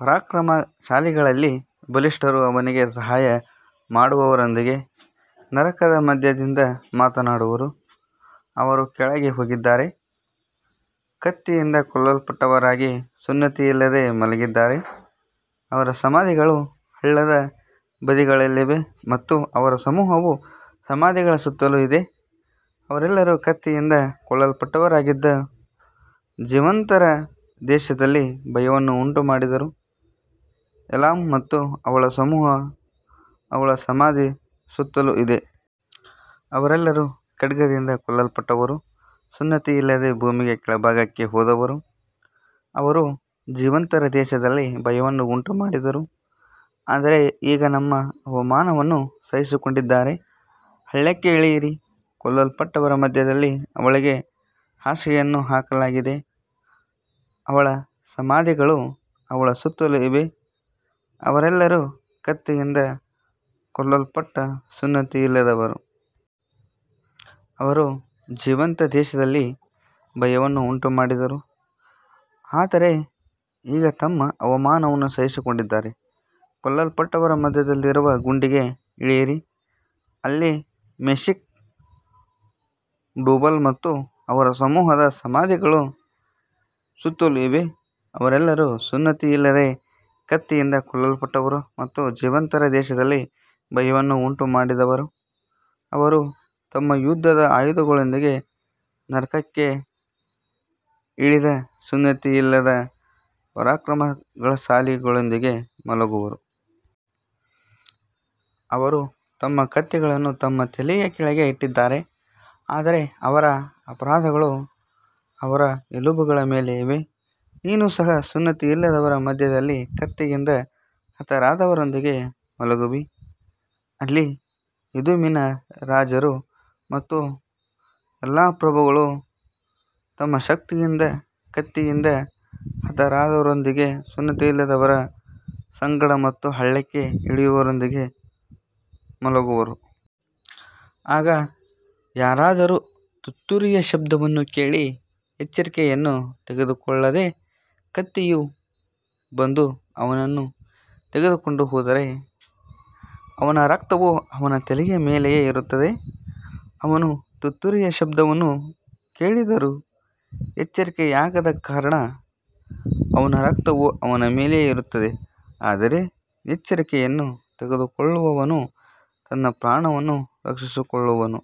ಪರಾಕ್ರಮಶಾಲಿಗಳಲ್ಲಿ ಬಲಿಷ್ಠರು ಅವನಿಗೆ ಸಹಾಯ ಮಾಡುವವರೊಂದಿಗೆ ನರಕದ ಮಧ್ಯದಿಂದ ಮಾತನಾಡುವರು. ಅವರು ಕೆಳಗೆ ಹೋಗಿದ್ದಾರೆ, ಕತ್ತಿಯಿಂದ ಕೊಲ್ಲಲ್ಪಟ್ಟವರಾಗಿ ಸುನ್ನತಿಯಿಲ್ಲದೆ ಮಲಗಿದ್ದಾರೆ. ಅವರ ಸಮಾಧಿಗಳು ಹಳ್ಳದ ಬದಿಗಳಲ್ಲಿವೆ ಮತ್ತು ಅವರ ಸಮೂಹವು ಸಮಾಧಿಗಳ ಸುತ್ತಲೂ ಇದೆ. ಅವರೆಲ್ಲರೂ ಕತ್ತಿಯಿಂದ ಕೊಲ್ಲಲ್ಪಟ್ಟವರಾಗಿದ್ದು, ಜೀವಂತರ ದೇಶದಲ್ಲಿ ಭಯವನ್ನು ಉಂಟುಮಾಡಿದರು. ಏಲಾಮ್ ಮತ್ತು ಅವಳ ಸಮೂಹವು ಅವಳ ಸಮಾಧಿಯ ಸುತ್ತಲೂ ಇದೆ. ಅವರೆಲ್ಲರೂ ಖಡ್ಗದಿಂದ ಕೊಲ್ಲಲ್ಪಟ್ಟವರು, ಸುನ್ನತಿಯಿಲ್ಲದೆ ಭೂಮಿಯ ಕೆಳಭಾಗಕ್ಕೆ ಹೋದವರು. ಅವರು ಜೀವಂತರ ದೇಶದಲ್ಲಿ ಭಯವನ್ನು ಉಂಟುಮಾಡಿದರು, ಆದರೆ ಈಗ ತಮ್ಮ ಅವಮಾನವನ್ನು ಸಹಿಸಿಕೊಂಡಿದ್ದಾರೆ. ಹಳ್ಳಕ್ಕೆ ಇಳಿಯಿರಿ, ಕೊಲ್ಲಲ್ಪಟ್ಟವರ ಮಧ್ಯದಲ್ಲಿ ಅವಳಿಗೆ ಹಾಸಿಗೆಯನ್ನು ಹಾಕಲಾಗಿದೆ. ಅವಳ ಸಮಾಧಿಗಳು ಅವಳ ಸುತ್ತಲೂ ಇವೆ, ಅವರೆಲ್ಲರೂ ಕತ್ತಿಯಿಂದ ಕೊಲ್ಲಲ್ಪಟ್ಟ ಸುನ್ನತಿಯಿಲ್ಲದವರು. ಅವರು ಜೀವಂತರ ದೇಶದಲ್ಲಿ ಭಯವನ್ನು ಉಂಟುಮಾಡಿದರು, ಆದರೆ ಈಗ ತಮ್ಮ ಅವಮಾನವನ್ನು ಸಹಿಸಿಕೊಂಡಿದ್ದಾರೆ. ಕೊಲ್ಲಲ್ಪಟ್ಟವರ ಮಧ್ಯದಲ್ಲಿರುವ ಗುಂಡಿಗೆ ಇಳಿಯಿರಿ. ಅಲ್ಲಿ ಮೆಷೆಕ್, ಟೂಬಲ್ ಮತ್ತು ಅವರ ಸಮೂಹದ ಸಮಾಧಿಗಳು ಸುತ್ತಲೂ ಇವೆ. ಅವರೆಲ್ಲರೂ ಸುನ್ನತಿಯಿಲ್ಲದೆ ಕತ್ತಿಯಿಂದ ಕೊಲ್ಲಲ್ಪಟ್ಟವರು ಮತ್ತು ಜೀವಂತರ ದೇಶದಲ್ಲಿ ಭಯವನ್ನು ಉಂಟುಮಾಡಿದವರು. ಅವರು ತಮ್ಮ ಯುದ್ಧದ ಆಯುಧಗಳೊಂದಿಗೆ ನರಕಕ್ಕೆ ಇಳಿದ ಸುನ್ನತಿಯಿಲ್ಲದ ಪರಾಕ್ರಮಶಾಲಿಗಳೊಂದಿಗೆ ಮಲಗುವರು. ಅವರು ತಮ್ಮ ಕತ್ತಿಗಳನ್ನು ತಮ್ಮ ತಲೆಯ ಕೆಳಗೆ ಇಟ್ಟಿದ್ದಾರೆ, ಆದರೆ ಅವರ ಅಪರಾಧಗಳು ಅವರ ಎಲುಬುಗಳ ಮೇಲೆ ಇವೆ. ನೀನು ಸಹ ಸುನ್ನತಿಯಿಲ್ಲದವರ ಮಧ್ಯದಲ್ಲಿ ಕತ್ತಿಯಿಂದ ಹತರಾದವರೊಂದಿಗೆ ಮಲಗುವಿ. ಅಲ್ಲಿ ಎದೋಮಿನ ರಾಜರು ಮತ್ತು ಎಲ್ಲಾ ಪ್ರಭುಗಳು ತಮ್ಮ ಶಕ್ತಿಯಿಂದ ಕತ್ತಿಯಿಂದ ಹತರಾದವರೊಂದಿಗೆ ಸುನ್ನತಿಯಿಲ್ಲದವರ ಸಂಗಡ ಮತ್ತು ಹಳ್ಳಕ್ಕೆ ಇಳಿಯುವವರೊಂದಿಗೆ ಮಲಗುವರು. ಆಗ ಯಾರಾದರೂ ತುತ್ತೂರಿಯ ಶಬ್ದವನ್ನು ಕೇಳಿ ಎಚ್ಚರಿಕೆಯನ್ನು ತೆಗೆದುಕೊಳ್ಳದೆ ಕತ್ತಿಯು ಬಂದು ಅವನನ್ನು ತೆಗೆದುಕೊಂಡು ಹೋದರೆ, ಅವನ ರಕ್ತವು ಅವನ ತಲೆಯ ಮೇಲೆಯೇ ಇರುತ್ತದೆ. ಅವನು ತುತ್ತೂರಿಯ ಶಬ್ದವನ್ನು ಕೇಳಿದರೂ ಎಚ್ಚರಿಕೆಯಾಗದ ಕಾರಣ ಅವನ ರಕ್ತವು ಅವನ ಮೇಲೆಯೇ ಇರುತ್ತದೆ, ಆದರೆ ಎಚ್ಚರಿಕೆಯನ್ನು ತೆಗೆದುಕೊಳ್ಳುವವನು ತನ್ನ ಪ್ರಾಣವನ್ನು ರಕ್ಷಿಸಿಕೊಳ್ಳುವನು.